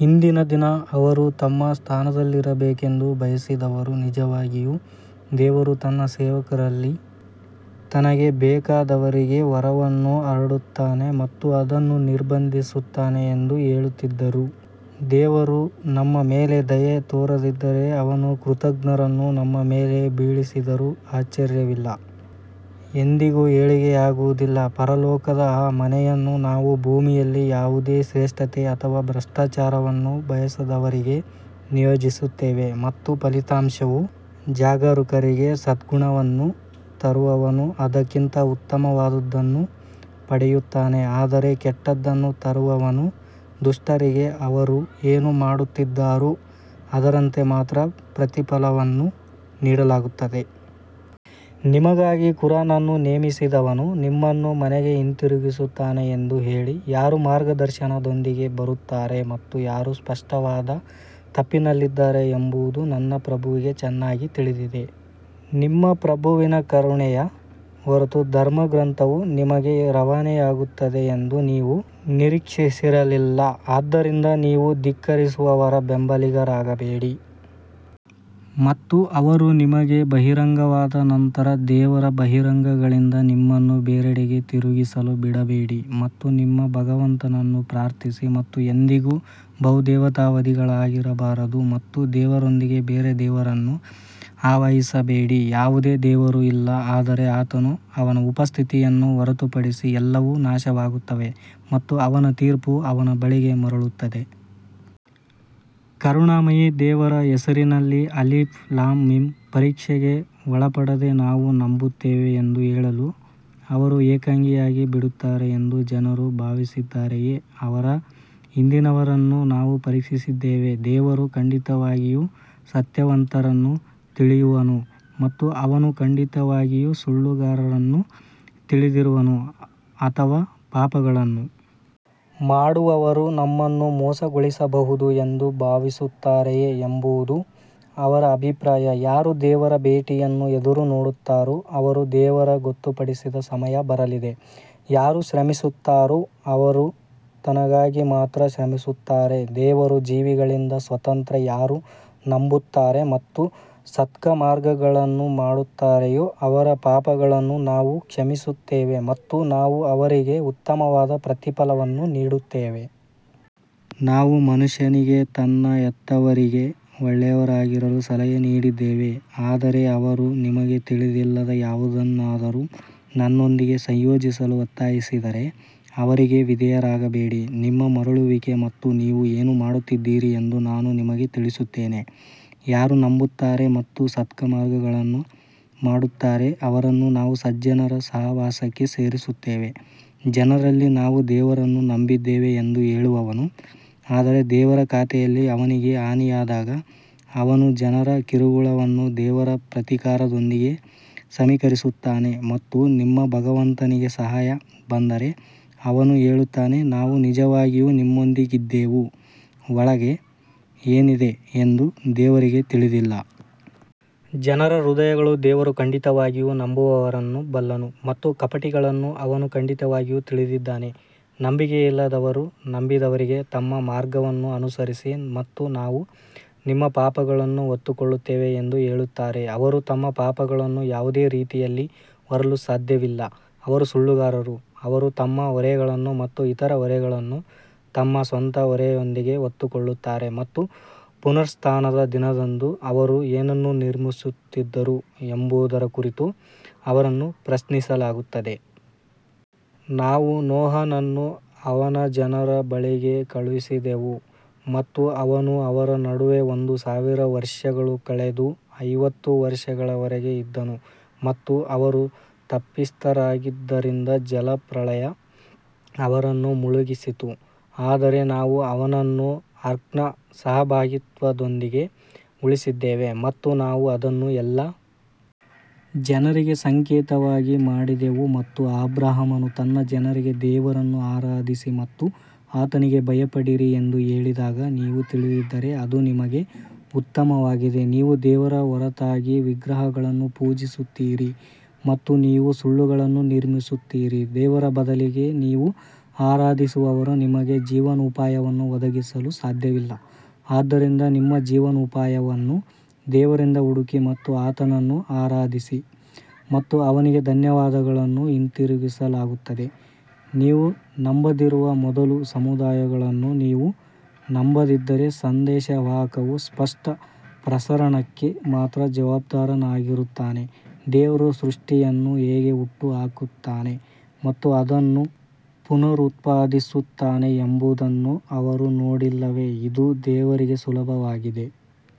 ಹಿಂದಿನ ದಿನ ಅವರು ತಮ್ಮ ಸ್ಥಾನದಲ್ಲಿರಬೇಕೆಂದು ಬಯಸಿದವರು ನಿಜವಾಗಿಯೂ ದೇವರು ತನ್ನ ಸೇವಕರಲ್ಲಿ ತನಗೆ ಬೇಕಾದವರಿಗೆ ವರವನ್ನು ಹರಡುತ್ತಾನೆ ಮತ್ತು ಅದನ್ನು ನಿರ್ಬಂಧಿಸುತ್ತಾನೆ ಎಂದು ಹೇಳುತ್ತಿದ್ದರು, ದೇವರು ನಮ್ಮ ಮೇಲೆ ದಯೆ ತೋರದಿದ್ದರೆ ಅವನು ಕೃತಘ್ನರನ್ನು ನಮ್ಮ ಮೇಲೆ ಬೀಳಿಸಿದರೂ ಆಶ್ಚರ್ಯವಿಲ್ಲ. ಎಂದಿಗೂ ಏಳಿಗೆಯಾಗುವುದಿಲ್ಲ ಪರಲೋಕದ ಆ ಮನೆಯನ್ನು ನಾವು ಭೂಮಿಯಲ್ಲಿ ಯಾವುದೇ ಶ್ರೇಷ್ಠತೆ ಅಥವಾ ಭ್ರಷ್ಟಾಚಾರವನ್ನು ಬಯಸದವರಿಗೆ ನಿಯೋಜಿಸುತ್ತೇವೆ ಮತ್ತು ಫಲಿತಾಂಶವು ಜಾಗರೂಕರಿಗೆ ಸದ್ಗುಣವನ್ನು ತರುವವನು ಅದಕ್ಕಿಂತ ಉತ್ತಮವಾದದ್ದನ್ನು ಪಡೆಯುತ್ತಾನೆ ಆದರೆ ಕೆಟ್ಟದ್ದನ್ನು ತರುವವನು ದುಷ್ಟರಿಗೆ ಅವರು ಏನು ಮಾಡುತ್ತಿದ್ದಾರೋ ಅದರಂತೆ ಮಾತ್ರ ಪ್ರತಿಫಲವನ್ನು ನೀಡಲಾಗುತ್ತದೆ. ನಿಮಗಾಗಿ ಖುರಾನ್ ಅನ್ನು ನೇಮಿಸಿದವನು ನಿಮ್ಮನ್ನು ಮನೆಗೆ ಹಿಂದಿರುಗಿಸುತ್ತಾನೆ ಎಂದು ಹೇಳಿ, ಯಾರು ಮಾರ್ಗದರ್ಶನದೊಂದಿಗೆ ಬರುತ್ತಾರೆ ಮತ್ತು ಯಾರು ಸ್ಪಷ್ಟವಾದ ತಪ್ಪಿನಲ್ಲಿದ್ದಾರೆ ಎಂಬುದು ನನ್ನ ಪ್ರಭುವಿಗೆ ಚೆನ್ನಾಗಿ ತಿಳಿದಿದೆ. ನಿಮ್ಮ ಪ್ರಭುವಿನ ಕರುಣೆಯ ಹೊರತು ಧರ್ಮಗ್ರಂಥವು ನಿಮಗೆ ರವಾನೆಯಾಗುತ್ತದೆ ಎಂದು ನೀವು ನಿರೀಕ್ಷಿಸಿರಲಿಲ್ಲ ಆದ್ದರಿಂದ ನೀವು ಧಿಕ್ಕರಿಸುವವರ ಬೆಂಬಲಿಗರಾಗಬೇಡಿ. ಮತ್ತು ಅವರು ನಿಮಗೆ ಬಹಿರಂಗವಾದ ನಂತರ ದೇವರ ಬಹಿರಂಗಗಳಿಂದ ನಿಮ್ಮನ್ನು ಬೇರೆಡೆಗೆ ತಿರುಗಿಸಲು ಬಿಡಬೇಡಿ ಮತ್ತು ನಿಮ್ಮ ಭಗವಂತನನ್ನು ಪ್ರಾರ್ಥಿಸಿ ಮತ್ತು ಎಂದಿಗೂ ಬಹುದೇವತಾವಾದಿಗಳಾಗಿರಬಾರದು. ಮತ್ತು ದೇವರೊಂದಿಗೆ ಬೇರೆ ದೇವರನ್ನು ಆವಾಹಿಸಬೇಡಿ, ಯಾವುದೇ ದೇವರು ಇಲ್ಲ ಆದರೆ ಆತನು ಅವನ ಉಪಸ್ಥಿತಿಯನ್ನು ಹೊರತುಪಡಿಸಿ ಎಲ್ಲವೂ ನಾಶವಾಗುತ್ತವೆ ಮತ್ತು ಅವನ ತೀರ್ಪು ಅವನ ಬಳಿಗೆ ಮರಳುತ್ತದೆ. ಕರುಣಾಮಯಿ ದೇವರ ಹೆಸರಿನಲ್ಲಿ ಅಲಿಫ್ ಲಾಮ್ ಮೀಮ್ ಪರೀಕ್ಷೆಗೆ ಒಳಪಡದೆ ನಾವು ನಂಬುತ್ತೇವೆ ಎಂದು ಹೇಳಲು ಅವರು ಏಕಾಂಗಿಯಾಗಿ ಬಿಡುತ್ತಾರೆ ಎಂದು ಜನರು ಭಾವಿಸಿದ್ದಾರೆಯೇ ಅವರ ಹಿಂದಿನವರನ್ನು ನಾವು ಪರೀಕ್ಷಿಸಿದ್ದೇವೆ, ದೇವರು ಖಂಡಿತವಾಗಿಯೂ ಸತ್ಯವಂತರನ್ನು ತಿಳಿಯುವನು ಮತ್ತು ಅವನು ಖಂಡಿತವಾಗಿಯೂ ಸುಳ್ಳುಗಾರರನ್ನು ತಿಳಿದಿರುವನು ಅಥವಾ ಪಾಪಗಳನ್ನು ಮಾಡುವವರು ನಮ್ಮನ್ನು ಮೋಸಗೊಳಿಸಬಹುದು ಎಂದು ಭಾವಿಸುತ್ತಾರೆಯೇ ಎಂಬುದು ಅವರ ಅಭಿಪ್ರಾಯ ಯಾರು ದೇವರ ಭೇಟಿಯನ್ನು ಎದುರುನೋಡುತ್ತಾರೋ ಅವರು ದೇವರ ಗೊತ್ತುಪಡಿಸಿದ ಸಮಯ ಬರಲಿದೆ ಯಾರು ಶ್ರಮಿಸುತ್ತಾರೋ ಅವರು ತನಗಾಗಿ ಮಾತ್ರ ಶ್ರಮಿಸುತ್ತಾರೆ ದೇವರು ಜೀವಿಗಳಿಂದ ಸ್ವತಂತ್ರ ಯಾರು ನಂಬುತ್ತಾರೆ ಮತ್ತು ಸತ್ಕರ್ಮಗಳನ್ನು ಮಾಡುತ್ತಾರೆಯೋ ಅವರ ಪಾಪಗಳನ್ನು ನಾವು ಕ್ಷಮಿಸುತ್ತೇವೆ ಮತ್ತು ನಾವು ಅವರಿಗೆ ಉತ್ತಮವಾದ ಪ್ರತಿಫಲವನ್ನು ನೀಡುತ್ತೇವೆ. ನಾವು ಮನುಷ್ಯನಿಗೆ ತನ್ನ ಹೆತ್ತವರಿಗೆ ಒಳ್ಳೆಯವರಾಗಿರಲು ಸಲಹೆ ನೀಡಿದ್ದೇವೆ ಆದರೆ ಅವರು ನಿಮಗೆ ತಿಳಿದಿಲ್ಲದ ಯಾವುದನ್ನಾದರೂ ನನ್ನೊಂದಿಗೆ ಸಂಯೋಜಿಸಲು ಒತ್ತಾಯಿಸಿದರೆ ಅವರಿಗೆ ವಿಧೇಯರಾಗಬೇಡಿ ನಿಮ್ಮ ಮರಳುವಿಕೆ ಮತ್ತು ನೀವು ಏನು ಮಾಡುತ್ತಿದ್ದೀರಿ ಎಂದು ನಾನು ನಿಮಗೆ ತಿಳಿಸುತ್ತೇನೆ. ಯಾರು ನಂಬುತ್ತಾರೆ ಮತ್ತು ಸತ್ಕರ್ಮಗಳನ್ನು ಮಾಡುತ್ತಾರೆ ಅವರನ್ನು ನಾವು ಸಜ್ಜನರ ಸಹವಾಸಕ್ಕೆ ಸೇರಿಸುತ್ತೇವೆ ಜನರಲ್ಲಿ ನಾವು ದೇವರನ್ನು ನಂಬಿದ್ದೇವೆ ಎಂದು ಹೇಳುವವನು, ಆದರೆ ದೇವರ ಖಾತೆಯಲ್ಲಿ ಅವನಿಗೆ ಹಾನಿಯಾದಾಗ ಅವನು ಜನರ ಕಿರುಕುಳವನ್ನು ದೇವರ ಪ್ರತೀಕಾರದೊಂದಿಗೆ ಸಮೀಕರಿಸುತ್ತಾನೆ ಮತ್ತು ನಿಮ್ಮ ಭಗವಂತನಿಂದ ಸಹಾಯ ಬಂದರೆ ಅವನು ಹೇಳುತ್ತಾನೆ ನಾವು ನಿಜವಾಗಿಯೂ ನಿಮ್ಮೊಂದಿಗಿದ್ದೆವು ಒಳಗೆ ಏನಿದೆ ಎಂದು ದೇವರಿಗೆ ತಿಳಿದಿಲ್ಲ. ಜನರ ಹೃದಯಗಳು ದೇವರು ಖಂಡಿತವಾಗಿಯೂ ನಂಬುವವರನ್ನು ಬಲ್ಲನು ಮತ್ತು ಕಪಟಿಗಳನ್ನು ಅವನು ಖಂಡಿತವಾಗಿಯೂ ತಿಳಿದಿದ್ದಾನೆ ನಂಬಿಕೆಯಿಲ್ಲದವರು ನಂಬಿದವರಿಗೆ ನಮ್ಮ ಮಾರ್ಗವನ್ನು ಅನುಸರಿಸಿ ಮತ್ತು ನಾವು ನಿಮ್ಮ ಪಾಪಗಳನ್ನು ಹೊತ್ತುಕೊಳ್ಳುತ್ತೇವೆ ಎಂದು ಹೇಳುತ್ತಾರೆ ಅವರು ತಮ್ಮ ಪಾಪಗಳನ್ನು ಯಾವುದೇ ರೀತಿಯಲ್ಲಿ ಹೊರಲು ಸಾಧ್ಯವಿಲ್ಲ ಅವರು ಸುಳ್ಳುಗಾರರು ಅವರು ತಮ್ಮ ಹೊರೆಗಳನ್ನು ಮತ್ತು ಇತರ ಹೊರೆಗಳನ್ನು ತಮ್ಮ ಸ್ವಂತ ಹೊರೆಯೊಂದಿಗೆ ಹೊತ್ತುಕೊಳ್ಳುತ್ತಾರೆ ಮತ್ತು ಪುನರುತ್ಥಾನದ ದಿನದಂದು ಅವರು ಏನನ್ನು ನಿರ್ಮಿಸುತ್ತಿದ್ದರು ಎಂಬುದರ ಕುರಿತು ಅವರನ್ನು ಪ್ರಶ್ನಿಸಲಾಗುತ್ತದೆ. ನಾವು ನೋಹನನ್ನು ಅವನ ಜನರ ಬಳಿಗೆ ಕಳುಹಿಸಿದೆವು ಮತ್ತು ಅವನು ಅವರ ನಡುವೆ ಒಂದು ಸಾವಿರ ವರ್ಷಗಳು ಕಳೆದು ಐವತ್ತು ವರ್ಷಗಳವರೆಗೆ ಇದ್ದನು ಮತ್ತು ಅವರು ತಪ್ಪಿತಸ್ಥರಾಗಿದ್ದರಿಂದ ಜಲಪ್ರಳಯ ಅವರನ್ನು ಮುಳುಗಿಸಿತು. ಆದರೆ ನಾವು ಅವನನ್ನು ಆರ್ಕ್ನ ಸಹಭಾಗಿತ್ವದೊಂದಿಗೆ ಉಳಿಸಿದ್ದೇವೆ ಮತ್ತು ನಾವು ಅದನ್ನು ಎಲ್ಲಾ ಜನರಿಗೆ ಸಂಕೇತವಾಗಿ ಮಾಡಿದೆವು ಮತ್ತು ಅಬ್ರಹಾಮನು ತನ್ನ ಜನರಿಗೆ ದೇವರನ್ನು ಆರಾಧಿಸಿರಿ ಮತ್ತು ಆತನಿಗೆ ಭಯಪಡಿರಿ ಎಂದು ಹೇಳಿದಾಗ ನೀವು ತಿಳಿದಿದ್ದರೆ ಅದು ನಿಮಗೆ ಉತ್ತಮವಾಗಿದೆ ನೀವು ದೇವರ ಹೊರತಾಗಿ ವಿಗ್ರಹಗಳನ್ನು ಪೂಜಿಸುತ್ತೀರಿ ಮತ್ತು ನೀವು ಸುಳ್ಳುಗಳನ್ನು ನಿರ್ಮಿಸುತ್ತೀರಿ ದೇವರ ಬದಲಿಗೆ ನೀವು ಆರಾಧಿಸುವವರು ನಿಮಗೆ ಜೀವನೋಪಾಯವನ್ನು ಒದಗಿಸಲು ಸಾಧ್ಯವಿಲ್ಲ ಆದ್ದರಿಂದ ನಿಮ್ಮ ಜೀವನೋಪಾಯವನ್ನು ದೇವರಿಂದ ಹುಡುಕಿ ಮತ್ತು ಆತನನ್ನು ಆರಾಧಿಸಿ ಮತ್ತು ಅವನಿಗೆ ಧನ್ಯವಾದಗಳನ್ನು ಹಿಂತಿರುಗಿಸಲಾಗುತ್ತದೆ ನೀವು ನಂಬದಿರುವ ಮೊದಲು ಸಮುದಾಯಗಳನ್ನು ನೀವು ನಂಬದಿದ್ದರೆ, ಸಂದೇಶವಾಹಕವು ಸ್ಪಷ್ಟ ಪ್ರಸರಣಕ್ಕೆ ಮಾತ್ರ ಜವಾಬ್ದಾರನಾಗಿರುತ್ತಾನೆ ದೇವರು ಸೃಷ್ಟಿಯನ್ನು ಹೇಗೆ ಹುಟ್ಟುಹಾಕುತ್ತಾನೆ ಮತ್ತು ಅದನ್ನು ಪುನರುತ್ಪಾದಿಸುತ್ತಾನೆ ಎಂಬುದನ್ನು ಅವರು ನೋಡಿಲ್ಲವೇ ಇದು ದೇವರಿಗೆ ಸುಲಭವಾಗಿದೆ.